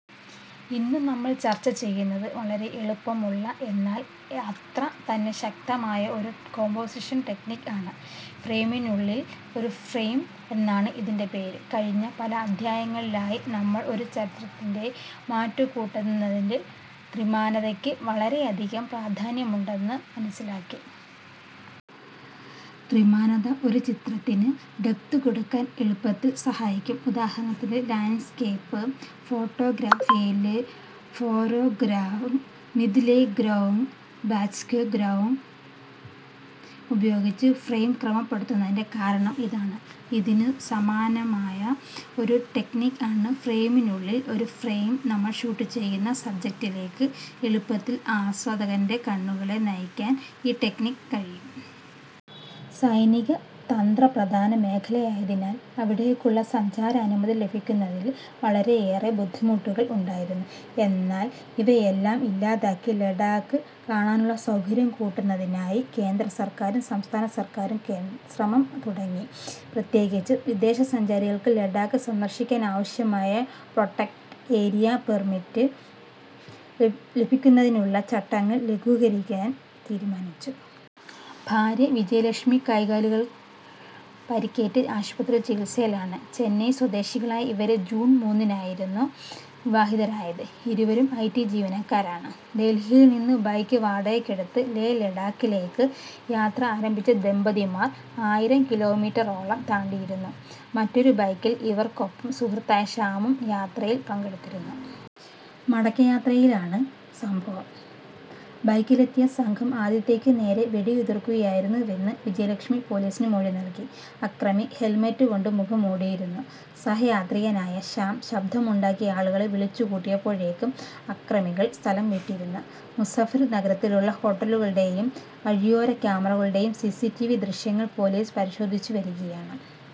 ഇന്ന് നമ്മള് ചര്ച്ച ചെയ്യുന്നത് വളരെ എളുപ്പമുള്ള എന്നാല് അത്ര തന്നെ ശക്തമായ ഒരു കോമ്പോസിഷന് ടെക്നിക് ആണ്. ഫ്രെയിമിനുള്ളില് ഒരു ഫ്രെയിം എന്നാണ് ഇതിന്റെ പേര്. കഴിഞ്ഞ പല അദ്ധ്യായങ്ങളിലായി നമ്മള് ഒരു ചിത്രത്തിന്റെ മാറ്റുകൂട്ടുന്നതില് ത്രിമാനത യ്ക്ക് വളരെ അധികം പ്രാധാന്യമുണ്ടെന്ന് മനസ്സിലാക്കി. ത്രിമാനത ഒരു ചിത്രത്തിന് ഡെപ്ത് കൊടുക്കാന് എളുപ്പത്തില് സഹായിക്കും. ഉദാഹരണത്തിന് ലാന്ഡ്സ്കേപ്പ് ഫോട്ടോഗ്രാഫിയില് ഫൊരെഗ്രൊഉന്ദ്, മിദ്ദ്ലെ ഗ്രൊഉന്ദ്, ബച്ക്ഗ്രൊഉന്ദ് ഉപയോഗിച്ചു ഫ്രെയിം ക്രമപ്പെടുത്തുന്നതിന്റെ കാരണം ഇതാണ്. ഇതിനു സമാനമായ ഒരു ടെക്നിക് ആണ് ഫ്രെയിമിനുള്ളില് ഒരു ഫ്രെയിം. നമ്മള് ഷൂട്ട് ചെയ്യുന്ന സബ്ജക്ടിലേക്ക് എളുപ്പത്തില് ആസ്വാദകന്റെ കണ്ണുകളെ നയിക്കാന് ഈ ടെക്നിക്കിന് കഴിയും. സൈനിക തന്ത്രപ്രധാന മേഖലയായതിനാല് അവിടേക്കുളള സഞ്ചാര അനുമതി ലഭിക്കുന്നതില് വളരെയേറെ ബുദ്ധിമുട്ടുകള് ഉണ്ടായിരുന്നു. എന്നാല് ഇവയെല്ലാം ഇല്ലാതാക്കി ലഡാക്ക് കാണാനുളള സൗകര്യം കൂട്ടുന്നതിനായി കേന്ദ്ര സര്ക്കാറും സംസ്ഥാന സര്ക്കാറും ശ്രമം തുടങ്ങി. പ്രത്യേകിച്ച് വിദേശസഞ്ചാരികള്ക്ക് ലഡാക്ക് സന്ദര്ശിക്കാനാവശ്യമായ പ്രൊട്ടക്ടഡ് ഏരിയ പെര്മിറ്റ് ലഭിക്കുന്നതിനുളള ചട്ടങ്ങള് ലഘൂകരിക്കാന് തീരുമാനിച്ചു. ഭാര്യ വിജയലക്ഷ്മി കൈകാലുകളില് പരിക്കേറ്റ് ആശുപത്രിയില് ചികിത്സയിലാണ്. ചെന്നൈ സ്വദേശികളായ ഇവര് ജൂണ് മൂന്നിനായിരുന്നു വിവാഹിതരായത്. ഇരുവരും ഐടി ജീവനക്കാരാണ്. ഡല്ഹിയില് നിന്ന് ബൈക്ക് വാടകയ്ക്ക് എടുത്ത് ലേ, ലഡാക്കിലേക്ക് യാത്ര ആരംഭിച്ച ദമ്പതിമാര് ആയിരംകിലോമീറ്ററോളം താണ്ടിയിരുന്നു. മറ്റൊരു ബൈക്കില് ഇവര്ക്കൊപ്പം സുഹൃത്തായ ശ്യാമും യാത്രയില് പങ്കെടുത്തിരുന്നു. മടക്കയാത്രയ്ക്കിടെയാണ് സംഭവം. ബൈക്കിലെത്തിയ സംഘം ആദിത്യക്കു നേരെ വെടിയുതിര്ക്കുകയായിരുന്നുവെന്ന് വിജയലക്ഷ്മി പോലീസില് മൊഴി നല്കി. അക്രമി ഹെല്മെറ്റ് കൊണ്ട് മുഖം മൂടിയിരുന്നു. സഹയാത്രികനായ ശ്യാം ശബ്ദമുണ്ടാക്കി ആളുകളെ വിളിച്ചുകൂട്ടിയപ്പോഴേക്കും അക്രമികള് സ്ഥലം വിട്ടിരുന്നു. മുസഫര് നഗറിലുള്ള ഹോട്ടലുകളുടെയും വഴിയോര ക്യാമറകളുടെയും സിസിടിവി ദൃശ്യങ്ങള് പോലീസ് പരിശോധിച്ചുവരികയാണ്.